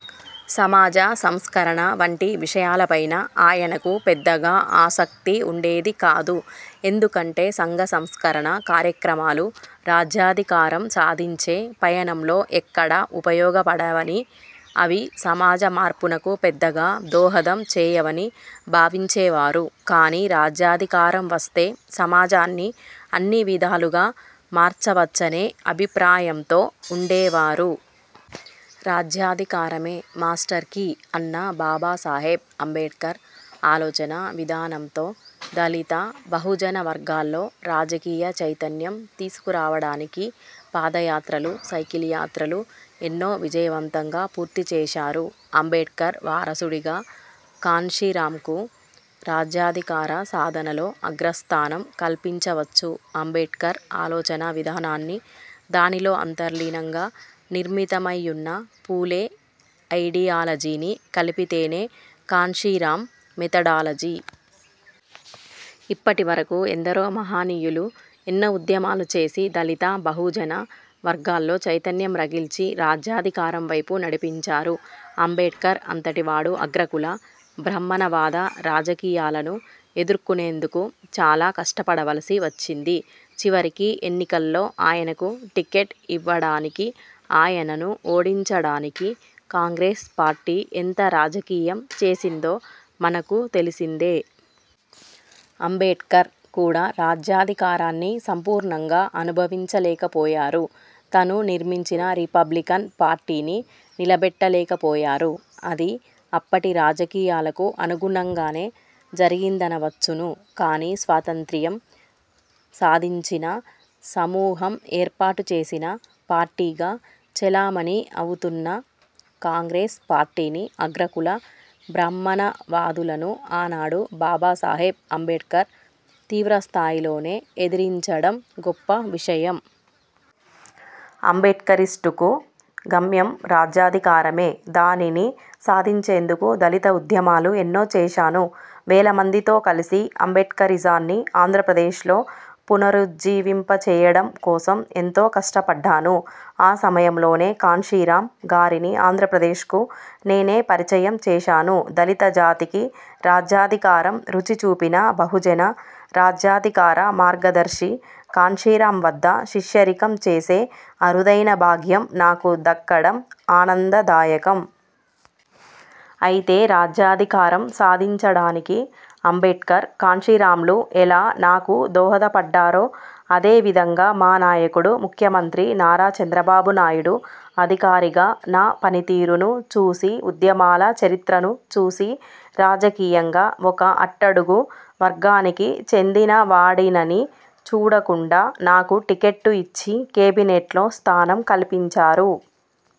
సమాజ సంస్కరణ వంటి విషయాలపైన ఆయనకు పెద్దగా ఆసక్తి ఉండేది కాదు. ఎందుకంటే సంఘ సంస్కరణ కార్యక్రమాలు రాజ్యాధికారం సాధించే పయనంలో ఎక్కడా ఉపయోగపడవని, అవి సమాజ మార్పునకు పెద్దగా దోహదం చేయవని భావించే వారు. కాని రాజ్యాధికారం వస్తే సమాజాన్ని అన్ని విధాలుగా మార్చవచ్చనే అభిప్రాయంతో ఉండేవారు. రాజ్యాధికారమే ''మాస్టర్ కీ'' అన్న బాబాసాహెబ్ అంబేడ్కర్ ఆలోచన విధానంతో దళిత, బహుజన వర్గాల్లో రాజకీయ చైతన్యం తీసుకురావడానికి పాదయాత్రలు, సైకిల్ యాత్రలు ఎన్నో విజయవంతంగా పూర్తి చేశారు. అంబేడ్కర్ వారసుడిగా కాన్షీరాంకు రాజ్యాధికార సాధనలో అగ్రస్థానం కల్పించవచ్చు. అంబేడ్కర్ ఆలోచన విధానాన్ని, దానిలో అంతర్లీనంగా నిర్మితమైయున్న ఫూలే ఐడియాలజీని కలిపితేనే కాన్షీరాం మెథడాలజీ. ఇప్పటి వరకు ఎందరో మహనీయులు ఎన్నో ఉద్యమాలు చేసి దళిత, బహుజన వర్గాల్లో చైతన్యం రగిల్చి, రాజ్యాధికారం వైపు నడిపించారు. అంబేడ్కర్ అంతటి వాడు అగ్రకుల, బ్రహ్మణవాద రాజకీయాలను ఎదుర్కొనేందుకు చాలా కష్టపడవలసి వచ్చింది. చివరికి ఎన్నికల్లో ఆయనకు టిక్కెట్ ఇవ్వడానికి, ఆయనను ఓడించడానికి కాంగ్రెస్ పార్టీ ఎంత రాజకీయం చేసిందో మనకు తెలిసిందే. అంబేడ్కర్ కూడా రాజ్యాధికారాన్ని సంపూర్ణంగా అనుభవించ లేకపోయారు. తను నిర్మించిన రిపబ్లికన్ పార్టీని నిలబెట్టలేకపోయారు. అది అప్పటి రాజకీయాలకు అనుగుణంగానే జరిగిందనవచ్చును. కానీ స్వాతంత్య్రం సాధించిన సమూహం ఏర్పాటు చేసిన పార్టీగా చెలామణి అవుతున్న కాంగ్రెస్ పార్టీని, అగ్రకుల బ్రహ్మాణవాదులను ఆనాడు బాబాసాహెబ్ అంబేడ్కర్ తీవ్రస్థాయిలోనే ఎదిరించడం గొప్ప విషయం. అంబేడ్కరిస్టుకు గమ్యం రాజ్యాధికారమే. దానిని సాధించేందుకు దళిత ఉద్యమాలు ఎన్నో చేశాను. వేలమందితో కలిసి అంబేడ్కరిజాన్ని ఆంధ్రప్రదేశ్లో పునరుజ్జీవింపచేయడం కోసం ఎంతో కష్టపడ్డాను. ఆ సమయంలోనే కాన్షీరాం గారిని ఆంధ్రప్రదేశ్కు నేనే పరిచయం చేశాను. దళిత జాతికి రాజ్యాధికారం రుచిచూపిన బహుజన రాజ్యాధికార మార్గదర్శి కాన్షీరాం వద్ద శిష్యరికం చేసే అరుదైన భాగ్యం నాకు దక్కడం ఆనందదాయకం. అయితే రాజ్యాధికారం సాధించడానికి అంబేడ్కర్, కాన్షీరాంలు ఎలా నాకు దోహదపడ్డారో అదే విధంగా మా నాయకుడు, ముఖ్యమంత్రి నారా చంద్రబాబు నాయుడు అధికారిగా నా పనితీరును చూసి ఉద్యమాల చరిత్రను చూసి రాజకీయంగా ఒక అట్టడుగు వర్గానికి చెందినవాడినని చూడకుండా, నాకు టిక్కెట్టు ఇచ్చి, కేబినేట్లో స్థానం కల్పించారు.